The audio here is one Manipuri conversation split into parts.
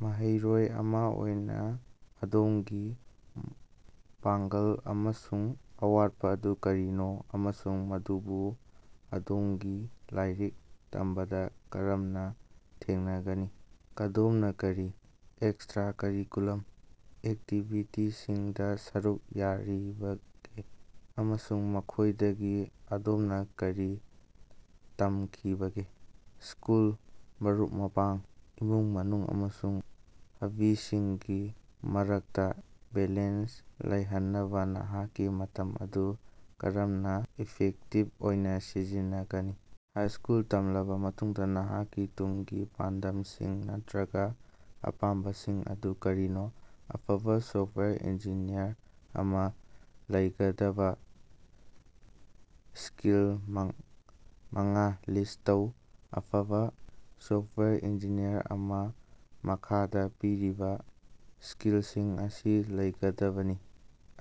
ꯃꯍꯩꯔꯣꯏ ꯑꯃ ꯑꯣꯏꯅ ꯑꯗꯣꯝꯒꯤ ꯄꯥꯡꯒꯜ ꯑꯃꯁꯨꯡ ꯑꯋꯥꯠꯄ ꯑꯗꯨ ꯀꯔꯤꯅꯣ, ꯑꯃꯁꯨꯡ ꯃꯗꯨꯕꯨ ꯑꯗꯣꯝꯒꯤ ꯂꯥꯏꯔꯤꯛ ꯇꯝꯕꯗ ꯀꯔꯝꯅ ꯊꯦꯡꯅꯒꯅꯤ? ꯑꯗꯣꯝꯅ ꯀꯔꯤ ꯑꯦꯛꯁꯇ꯭ꯔꯥꯀꯔꯤꯀꯨꯂꯔ ꯑꯦꯛꯇꯤꯕꯤꯇꯤꯁꯤꯡꯗ ꯁꯔꯨꯛ ꯌꯥꯔꯤꯕꯒꯦ, ꯑꯃꯁꯨꯡ ꯃꯈꯣꯏꯗꯒꯤ ꯑꯗꯣꯝꯅ ꯀꯔꯤ ꯇꯝꯈꯤꯕꯒꯦ? ꯁ꯭ꯀꯨꯜ, ꯃꯔꯨꯞ-ꯃꯄꯥꯡ, ꯏꯃꯨꯡ-ꯃꯅꯨꯡ ꯑꯃꯁꯨꯡ ꯍꯕꯤꯁꯤꯡꯒꯤ ꯃꯔꯛꯇ ꯕꯦꯂꯦꯟꯁ ꯂꯩꯍꯟꯅꯕ ꯅꯍꯥꯛꯀꯤ ꯃꯇꯝ ꯑꯗꯨ ꯀꯔꯝꯅ ꯏꯐꯦꯛꯇꯤꯕ ꯑꯣꯏꯅ ꯁꯤꯖꯤꯟꯅꯒꯅꯤ? ꯍꯥꯏꯁꯀꯨꯜ ꯇꯝꯂꯕ ꯃꯇꯨꯡꯗ ꯅꯍꯥꯛꯀꯤ ꯇꯨꯡꯒꯤ ꯄꯥꯟꯗꯝꯁꯤꯡ ꯅꯠꯇ꯭ꯔꯒ ꯑꯄꯥꯝꯕꯁꯤꯡ ꯑꯗꯨ ꯀꯔꯤꯅꯣ? ꯑꯐꯕ ꯁꯣꯐꯋꯥꯌꯔ ꯏꯟꯖꯤꯅꯤꯌꯔ ꯑꯃꯅ ꯂꯩꯒꯗꯕ ꯁ꯭ꯀꯤꯜ ꯃꯉꯥ ꯂꯤꯁ꯭ꯠ ꯇꯧ꯫ ꯑꯐꯕ ꯁꯣꯐꯋꯥꯌꯔ ꯏꯟꯖꯤꯅꯤꯌꯔ ꯑꯃꯅ ꯃꯈꯥꯗ ꯄꯤꯔꯤꯕ ꯁ꯭ꯀꯤꯜꯁꯤꯡ ꯑꯁꯤ ꯂꯩꯒꯗꯕꯅꯤ: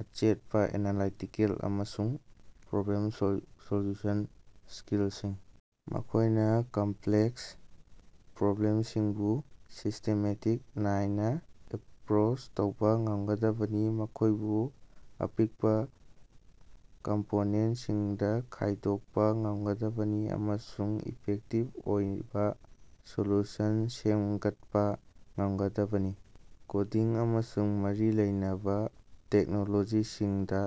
ꯑꯆꯦꯠꯄ ꯑꯦꯅꯥꯂꯥꯏꯇꯤꯀꯦꯜ ꯑꯃꯁꯨꯡ ꯄ꯭ꯔꯣꯕ꯭ꯂꯦꯝ-ꯁꯣꯜꯌꯨꯁꯟ ꯁ꯭ꯀꯜꯁꯤꯡ: ꯃꯈꯣꯏꯅ ꯀꯝꯄ꯭ꯂꯦꯛꯁ ꯄ꯭ꯔꯣꯕ꯭ꯂꯦꯝꯁꯤꯡꯕꯨ ꯁꯤꯁ꯭ꯇꯦꯃꯦꯇꯤꯛ ꯑꯣꯏꯅ ꯑꯦꯄ꯭ꯔꯣꯆ ꯇꯧꯕ ꯉꯝꯒꯗꯕꯅꯤ, ꯃꯈꯣꯏꯕꯨ ꯑꯄꯤꯛꯄ ꯀꯝꯄꯣꯅꯦꯟꯁꯤꯡꯗ ꯈꯥꯏꯗꯣꯛꯄ ꯉꯝꯒꯗꯕꯅꯤ ꯑꯃꯁꯨꯡ ꯏꯐꯦꯛꯇꯤꯚ ꯑꯣꯏꯕ ꯁꯣꯂ꯭ꯌꯨꯁꯟꯁꯤꯡ ꯁꯦꯝꯒꯠꯄ ꯉꯝꯒꯗꯕꯅꯤ꯫ ꯀꯣꯗꯤꯡ ꯑꯃꯁꯨꯡ ꯃꯔꯤ ꯂꯩꯅꯕ ꯇꯦꯛꯅꯣꯂꯣꯖꯤꯁꯤꯡꯗ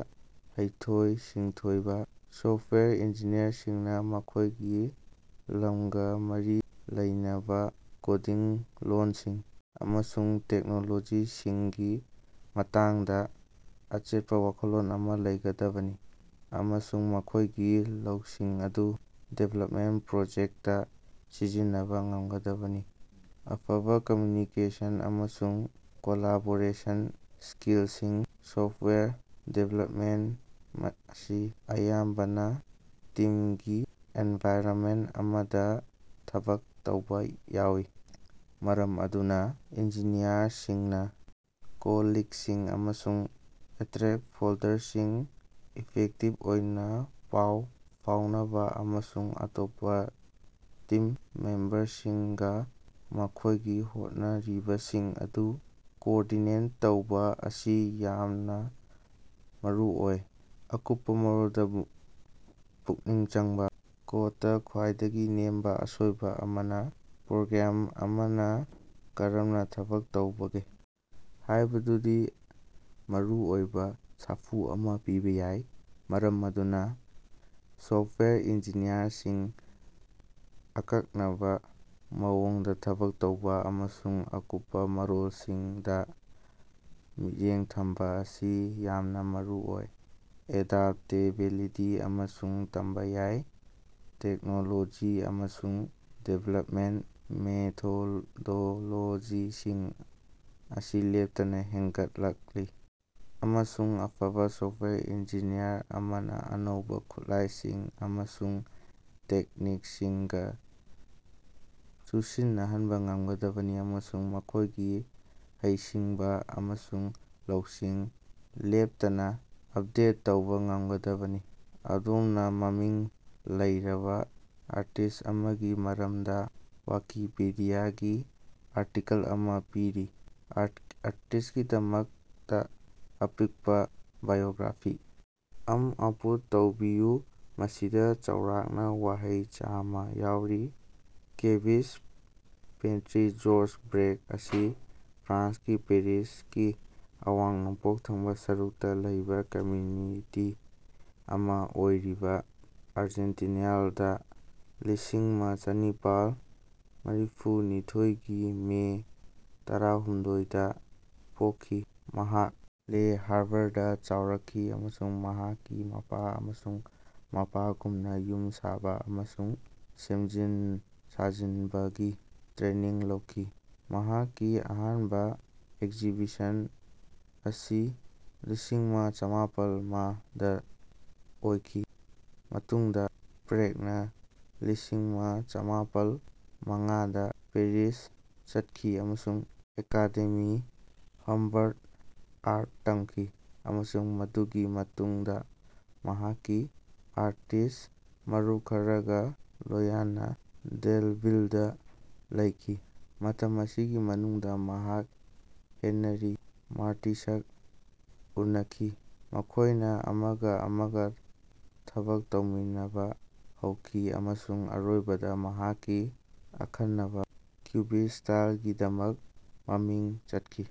ꯍꯩꯊꯣꯏ-ꯁꯤꯡꯊꯣꯏꯕ: ꯁꯣꯐꯋꯦꯌꯔ ꯏꯟꯖꯤꯅꯤꯌꯔꯁꯤꯡꯅ ꯃꯈꯣꯏꯒꯤ ꯂꯝꯒ ꯃꯔꯤ ꯂꯩꯅꯕ ꯀꯣꯗꯤꯡ ꯂꯣꯜꯁꯤꯡ ꯑꯃꯁꯨꯡ ꯇꯦꯛꯅꯣꯂꯣꯖꯤꯁꯤꯡꯒꯤ ꯃꯇꯥꯡꯗ ꯑꯆꯦꯠꯄ ꯋꯥꯈꯜꯂꯣꯟ ꯑꯃ ꯂꯩꯒꯗꯕꯅꯤ, ꯑꯃꯁꯨꯡ ꯃꯈꯣꯏꯒꯤ ꯂꯧꯁꯤꯡ ꯑꯗꯨ ꯗꯤꯕꯦꯂꯄꯃꯦꯟ ꯄ꯭ꯔꯣꯖꯦꯛꯁꯤꯡꯗ ꯁꯤꯖꯤꯟꯅꯕ ꯉꯝꯒꯗꯕꯅꯤ꯫ ꯑꯐꯕ ꯀꯝꯃ꯭ꯌꯨꯅꯤꯀꯦꯁꯟ ꯑꯃꯁꯨꯡ ꯀꯣꯂꯥꯕꯣꯔꯦꯁꯟ ꯁ꯭ꯀꯤꯜꯁꯤꯡ: ꯁꯣꯐꯋꯥꯌꯔ ꯗꯤꯚꯦꯂꯄꯃꯦꯟ ꯑꯁꯤ ꯑꯌꯥꯝꯕꯅ ꯇꯤꯝꯒꯤ ꯑꯦꯟꯚꯥꯏꯔꯟꯃꯦꯟ ꯑꯃꯗ ꯊꯕꯛ ꯇꯧꯕ ꯌꯥꯎꯏ, ꯃꯔꯝ ꯑꯗꯨꯅ ꯏꯟꯖꯤꯅꯤꯌꯔꯁꯤꯡꯅ ꯀꯣꯂꯤꯛꯁꯤꯡ ꯑꯃꯁꯨꯡ ꯁ꯭ꯇꯦꯛꯍꯣꯜꯗꯔꯁꯤꯡꯒ ꯏꯐꯦꯛꯇꯤꯕ ꯑꯣꯏꯅ ꯄꯥꯎ ꯐꯥꯎꯅꯕ, ꯑꯃꯁꯨꯡ ꯑꯇꯣꯞꯄ ꯇꯤꯝ ꯃꯦꯝꯕꯔꯁꯤꯡꯒ ꯃꯈꯣꯏꯒꯤ ꯍꯣꯠꯅꯔꯤꯕꯁꯤꯡ ꯑꯗꯨ ꯀꯣꯑꯣꯔꯗꯤꯅꯦꯠ ꯇꯧꯕ ꯑꯁꯤ ꯌꯥꯝꯅ ꯃꯔꯨꯑꯣꯏ꯫ ꯑꯀꯨꯞꯄ ꯃꯔꯣꯜꯗ ꯄꯨꯛꯅꯤꯡ ꯆꯪꯕ: ꯀꯣꯗꯇ ꯈ꯭ꯋꯥꯏꯗꯒꯤ ꯅꯦꯝꯕ ꯑꯁꯣꯏꯕ ꯑꯃꯅ ꯄ꯭ꯔꯣꯒ꯭ꯔꯥꯝ ꯑꯃꯅ ꯀꯔꯝꯅ ꯊꯕꯛ ꯇꯧꯕꯒꯦ ꯍꯥꯏꯕꯗꯨꯗ ꯃꯔꯨꯑꯣꯏꯕ ꯁꯥꯐꯨ ꯑꯃ ꯄꯤꯕ ꯌꯥꯏ, ꯃꯔꯝ ꯑꯗꯨꯅ ꯁꯣꯐꯋꯦꯌꯔ ꯏꯟꯖꯤꯅꯤꯌꯔꯁꯤꯡꯅ ꯑꯀꯛꯅꯕ ꯃꯑꯣꯡꯗ ꯊꯕꯛ ꯇꯧꯕ ꯑꯃꯁꯨꯡ ꯑꯀꯨꯞꯄ ꯃꯔꯣꯜꯁꯤꯡꯗ ꯃꯤꯠꯌꯦꯡ ꯊꯝꯕ ꯑꯁꯤ ꯌꯥꯝꯅ ꯃꯔꯨꯑꯣꯏ꯫ ꯑꯦꯗꯥꯞꯇꯦꯕꯤꯂꯤꯇꯤ ꯑꯃꯁꯨꯡ ꯇꯝꯕ ꯌꯥꯕ: ꯇꯦꯛꯅꯣꯂꯣꯖꯤ ꯑꯃꯁꯨꯡ ꯗꯤꯕꯦꯂꯄꯃꯦꯟꯠ ꯃꯦꯊꯣꯗꯣꯂꯣꯖꯤꯁꯤꯡ ꯑꯁꯤ ꯂꯦꯞꯇꯅ ꯍꯦꯟꯒꯠꯂꯛꯂꯤ, ꯑꯃꯁꯨꯡ ꯑꯐꯕ ꯁꯣꯐꯋꯦꯌꯔ ꯏꯟꯖꯤꯅꯤꯌꯔ ꯑꯃꯅ ꯑꯅꯧꯕ ꯈꯨꯠꯂꯥꯏꯁꯤꯡ ꯑꯃꯁꯨꯡ ꯇꯦꯛꯅꯤꯛꯁꯤꯡꯒ ꯆꯨꯁꯤꯟꯅꯍꯟꯕ ꯉꯝꯒꯗꯕꯅꯤ, ꯑꯃꯁꯨꯡ ꯃꯈꯣꯏꯒꯤ ꯍꯩꯁꯤꯡꯕ ꯑꯃꯁꯨꯡ ꯂꯧꯁꯤꯡ ꯂꯦꯞꯇꯅ ꯑꯄꯗꯦꯠ ꯇꯧꯕ ꯉꯝꯒꯗꯕꯅꯤ꯫ ꯑꯗꯣꯝꯅ ꯃꯃꯤꯡ ꯂꯩꯔꯕ ꯑꯥꯔꯇꯤꯁꯠ ꯑꯃꯒꯤ ꯃꯔꯝꯗ ꯋꯤꯀꯤꯄꯤꯗꯤꯌꯥꯒꯤ ꯑꯥꯔꯇꯤꯀꯜ ꯑꯃ ꯄꯤꯔꯤ꯫ ꯑꯥꯔꯇꯤꯁ꯭ꯠꯀꯤꯗꯃꯛꯇ ꯑꯄꯤꯛꯄ ꯕꯥꯏꯑꯣꯒ꯭ꯔꯥꯐꯤ ꯑꯃ ꯑꯥꯎꯠꯄꯨꯠ ꯇꯧꯕꯤꯌꯨ, ꯃꯁꯤꯗ ꯆꯥꯎꯔꯥꯛꯅ ꯋꯥꯍꯩ ꯆꯥꯝꯃ ꯌꯥꯎꯔꯤ꯫ ꯀ꯭ꯌꯨꯕꯤꯁ꯭ꯠ ꯄꯦꯟꯇ꯭ꯔꯤ ꯖꯣꯔꯖ ꯕ꯭ꯔꯦꯛ ꯑꯁꯤ ꯐ꯭ꯔꯥꯟꯁꯀꯤ ꯄꯦꯔꯤꯁꯀꯤ ꯑꯋꯥꯡ ꯅꯣꯡꯄꯣꯛ ꯊꯪꯕ ꯁꯔꯨꯛꯇ ꯂꯩꯕ ꯀꯝꯃ꯭ꯌꯨꯅꯤꯇꯤ ꯑꯃ ꯑꯣꯏꯔꯤꯕ ꯑꯥꯔꯖꯦꯟꯇꯤꯅꯥꯎꯏꯜꯗ ꯂꯤꯁꯤꯡꯑꯃ ꯆꯥꯅꯤꯄꯥꯜ ꯃꯔꯤꯐꯨꯅꯤꯊꯣꯏ ꯒꯤ ꯃꯦ ꯇꯔꯥꯍꯨꯝꯗꯣꯏ, ꯗꯥ ꯄꯣꯛꯈꯤ꯫ ꯃꯍꯥꯛ ꯂꯦ ꯍꯥꯚꯔꯗ ꯆꯥꯎꯔꯛꯈꯤ ꯑꯃꯁꯨꯡ ꯃꯍꯥꯛꯀꯤ ꯃꯄꯥ ꯑꯃꯁꯨꯡ ꯃꯄꯥꯒꯨꯝꯅ ꯌꯨꯝ ꯁꯥꯕ ꯑꯃꯁꯨꯡ ꯁꯦꯝꯖꯤꯟ ꯁꯥꯖꯤꯟꯕꯒꯤ ꯇ꯭ꯔꯦꯅꯤꯡ ꯂꯧꯈꯤ꯫ ꯃꯍꯥꯛꯀꯤ ꯑꯍꯥꯟꯕ ꯑꯦꯛꯖꯤꯕꯤꯁꯟ ꯑꯁꯤ ꯂꯤꯁꯤꯡꯑꯃ ꯆꯝꯃꯥꯄꯜ ꯑꯃ ꯗ ꯑꯣꯏꯈꯤ, ꯃꯇꯨꯡꯗ ꯕ꯭ꯔꯦꯛꯅ ꯂꯤꯁꯤꯡꯑꯃ ꯆꯝꯃꯥꯄꯜ ꯃꯉꯥ ꯗ ꯄꯦꯔꯤꯁꯇ ꯆꯠꯈꯤ ꯑꯃꯁꯨꯡ ꯑꯦꯀꯥꯗꯦꯃꯤ ꯍꯝꯕꯔꯠꯇ ꯑꯥꯔꯠ ꯇꯝꯈꯤ, ꯑꯃꯁꯨꯡ ꯃꯗꯨꯒꯤ ꯃꯇꯨꯡꯗ ꯃꯍꯥꯛꯀꯤ ꯑꯥꯔꯇꯤꯁꯠ ꯃꯔꯨꯞ ꯈꯔꯒ ꯂꯣꯌꯅꯅ ꯗꯦꯎꯚꯤꯜꯗ ꯂꯩꯈꯤ꯫ ꯃꯇꯝ ꯑꯁꯤꯒꯤ ꯃꯅꯨꯡꯗ ꯃꯍꯥꯛ ꯍꯦꯅꯔꯤ ꯃꯥꯇꯤꯁꯀ ꯎꯅꯈꯤ, ꯃꯈꯣꯏꯅ ꯑꯃꯒ ꯑꯃꯒ ꯊꯕꯛ ꯇꯧꯃꯤꯟꯅꯕ ꯍꯧꯈꯤ꯫ ꯑꯃꯁꯨꯡ ꯑꯔꯣꯏꯕꯗ ꯃꯍꯥꯛꯀꯤ ꯑꯈꯟꯅꯕ ꯀ꯭ꯌꯨꯕꯤꯁꯠ ꯁ꯭ꯇꯥꯏꯜꯒꯤꯗꯃꯛ ꯃꯃꯤꯡ ꯆꯠꯈꯤ꯫